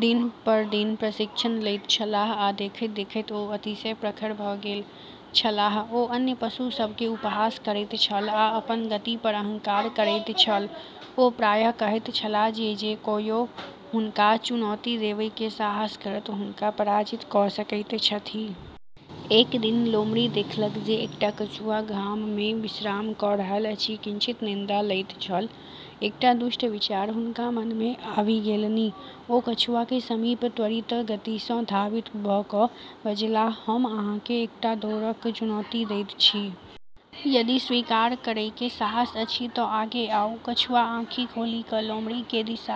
दिन पर दिन प्रशिक्षण लैत छलाह आ देखैत-देखैत ओ अतिशय प्रखर भऽ गेल छलाह। ओ अन्य पशु सभ केँ उपहास करैत छल आ अपन गति पर अहंकार करैत छल। ओ प्रायः कहैत छलाह जे जे कोयो हुनका चुनौती देबय के साहस करत हुनका पराजित कऽ सकैत छथि। एक दिन लोमड़ी देखलक जे एकटा कछुआ घाममे विश्राम कऽ रहल अछि, किंचित निद्रा लैत छल। एकटा दुष्ट विचार हुनका मन में आबि गेलनि। ओ कछुआ के समीप त्वरित गति सँ धावित भऽ कऽ बजलाह, "हम अहाँ केँ एकटा दौड़क चुनौती दैत छी। यदि स्वीकार करयके साहस अछि तँ आगे आउ।" कछुआ आँखि खोलि कऽ लोमड़ी के दिश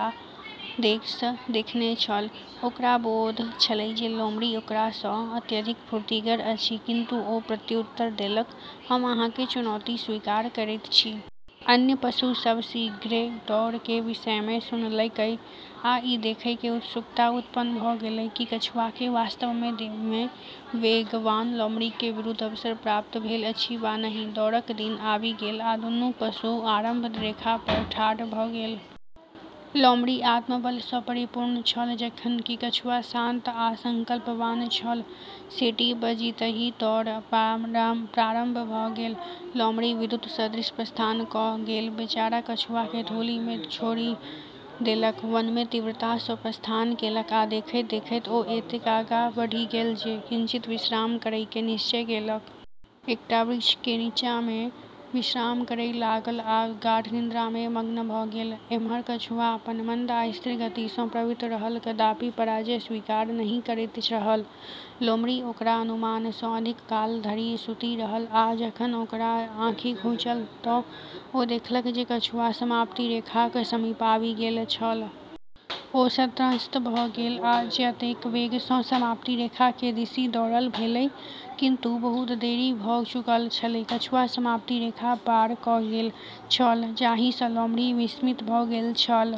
देखने छल। ओकरा बोध छलै जे लोमड़ी ओकरा सँ अत्यधिक फुर्तिगर अछि, किंतु ओ प्रत्युत्तर देलक, "हम अहाँ के चुनौती स्वीकार करैत छी।" अन्य पशु सब शीघ्रे दौड़ के विषयमे सुनलकै आ ई देखयके उत्सुकता उत्पन्न भऽ गेलै कि कछुआके वास्तवमे वेगवान लोमड़ी के विरुद्ध अवसर प्राप्त भेल अछि वा नहि। दौड़क दिन आबि गेल आ दुनू पशु आरंभ रेखा पर ठाढ़ भऽ गेल। लोमड़ी आत्मबल सँ परिपूर्ण छल, जखन कि कछुआ शांत आ संकल्पवान छल। सीटी बजितहिं दौड़ प्रारंभ भऽ गेल। लोमड़ी विद्युत सदृश प्रस्थान क' गेल, बेचारा कछुआ केँ धूलि में छोड़ि देलक। वनमे तीव्रतासँ प्रस्थान केलक, आ देखैत-देखैत ओ एतेक आगाँ बढ़ि गेल जे किंचित विश्राम करयके निश्चय केलक। एकटा वृक्ष के नीचाँमे विश्राम करय लागल आ गाढ़ निद्रा में मग्न भऽ गेल। एम्हर कछुआ अपन मंद आ स्थिर गति सँ प्रवृत्त रहल, कदापि पराजय स्वीकार नहि करैत रहल। लोमड़ी ओकरा अनुमानसँ अधिक काल धरि सूति रहल आ जखन ओकरा आँखि खुजल तँ ओ देखलक जे कछुआ समाप्ति रेखाक समीप आबि गेल छल। ओ संत्रस्त भऽ गेल आ जतेक वेग सँ समाप्ति रेखा के दिशि दौड़ल भेलै, किंतु बहुत देरी भऽ चुकल छलै। कछुआ समाप्ति रेखा पार क' गेल छल, जाहि सँ लोमड़ी विस्मित भऽ गेल छल।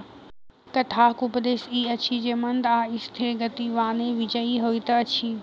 कथाक उपदेश ई अछि जे मंद आ स्थिर गतिवाने विजयी होइत अछि।